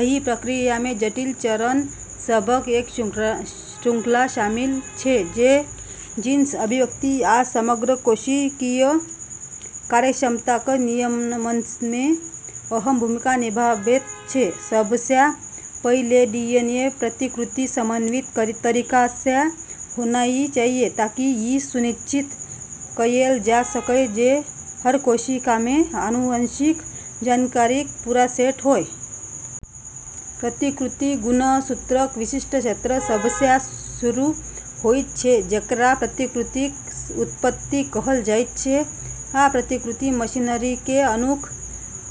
एहि प्रक्रियामे जटिल चरण सभक एक श्रृंखला शामिल छै जे जीन अभिव्यक्ति आ समग्र कोशिकीय कार्यक्षमताक नियमनमे अहम भूमिका निभाबैत छै। सबसँ पहिने डीएनए प्रतिकृति समन्वित तरीकासँ होनाइ चाहिया ताकि ई सुनिश्चित कएल जा सकय जे हर कोशिकामे आनुवंशिक जानकारीक पूरा सेट होय। प्रतिकृति गुणसूत्रक विशिष्ट क्षेत्र सभसँ शुरू होइत छै जेकरा प्रतिकृतिक उत्पत्ति कहल जाइत छै, आ प्रतिकृति मशीनरीकेँ अणुक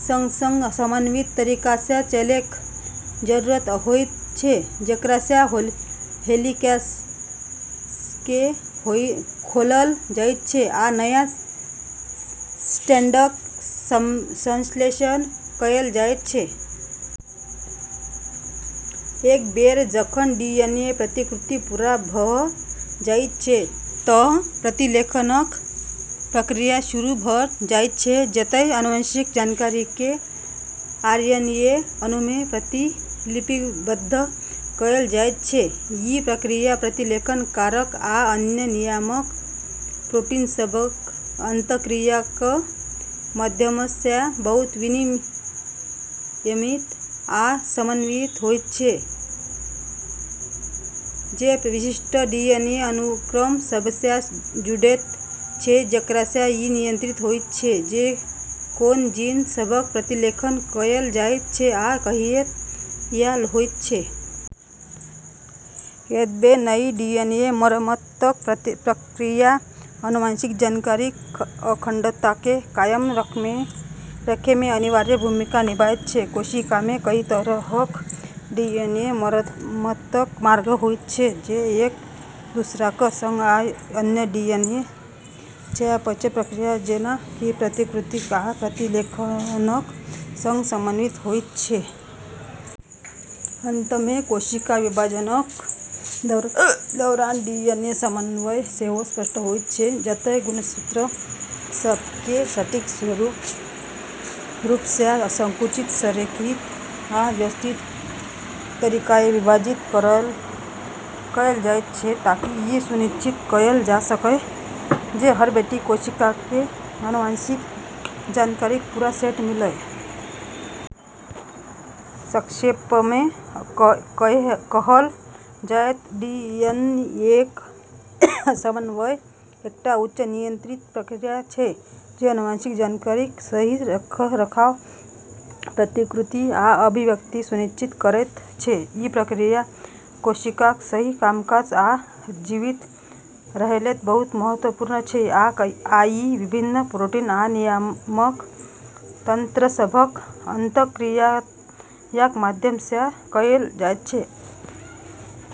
संग-संग समन्वित तरीकासँ चलैक जरूरत होइत छै, जेकरासँ हेलिक्सकेँ खोलल जाइत छै आ नया स्ट्रैंडक संश्लेषण कएल जाइत छै। एक बेर जखन डीएनए प्रतिकृति पूरा भऽ जाइत छै तँ प्रतिलेखनक प्रक्रिया शुरू भऽ जाइत छै, जतय आनुवंशिक जानकारीकेँ आरएनए अणुमे प्रतिलिपिबद्ध कएल जाइत छै। ई प्रक्रिया प्रतिलेखन कारक आ अन्य नियामक प्रोटीन सभक अंतःक्रियाक माध्यमसँ बहुत विनियमित आ समन्वयित होइत छै जे विशिष्ट डीएनए अनुक्रम सभसँ जुड़ैत छै, जेकरासँ ई नियंत्रित होइत छै जे कोन जीन सभक प्रतिलेखन कएल जाइत छै आ कहिया होइत छै। एतबे नहि, डीएनए मरम्मतक प्रक्रिया आनुवंशिक जानकारीक अखंडताकेँ कायम रखैमे अनिवार्य भूमिका निभाबैत छै। कोशिकामे कई तरहक डीएनए मरम्मतक मार्ग होइत छै जे एक-दूसराक संग आ अन्य डीएनए चयापचय प्रक्रिया जेना कि प्रतिकृति आ प्रतिलेखनक संग समन्वयित होइत छै। अंतमे, कोशिका विभाजनक दौरान डीएनए समन्वय सेहो स्पष्ट होइत छै, जतय गुणसूत्र सभकेँ सटीक रूपसँ संकुचित, संरेखित आ व्यवस्थित तरीकासँ विभाजित कएल जाइत छै ताकि ई सुनिश्चित कएल जा सकय जे हर बेटी कोशिकाकेँ आनुवंशिक जानकारीक पूरा सेट मिलय। संक्षेपमे कहल जाय तँ डीएनएक समन्वय एकटा उच्च नियंत्रित प्रक्रिया छै जे आनुवंशिक जानकारीक सही रखरखाव, प्रतिकृति आ अभिव्यक्ति सुनिश्चित करैत छै। ई प्रक्रिया कोशिकाक सही कामकाज आ जीवित रहैलेल बहुत महत्वपूर्ण छै आ ई विभिन्न प्रोटीन आ नियामक तंत्र सभक अंतःक्रियाक माध्यमसँ कएल जाइत छै।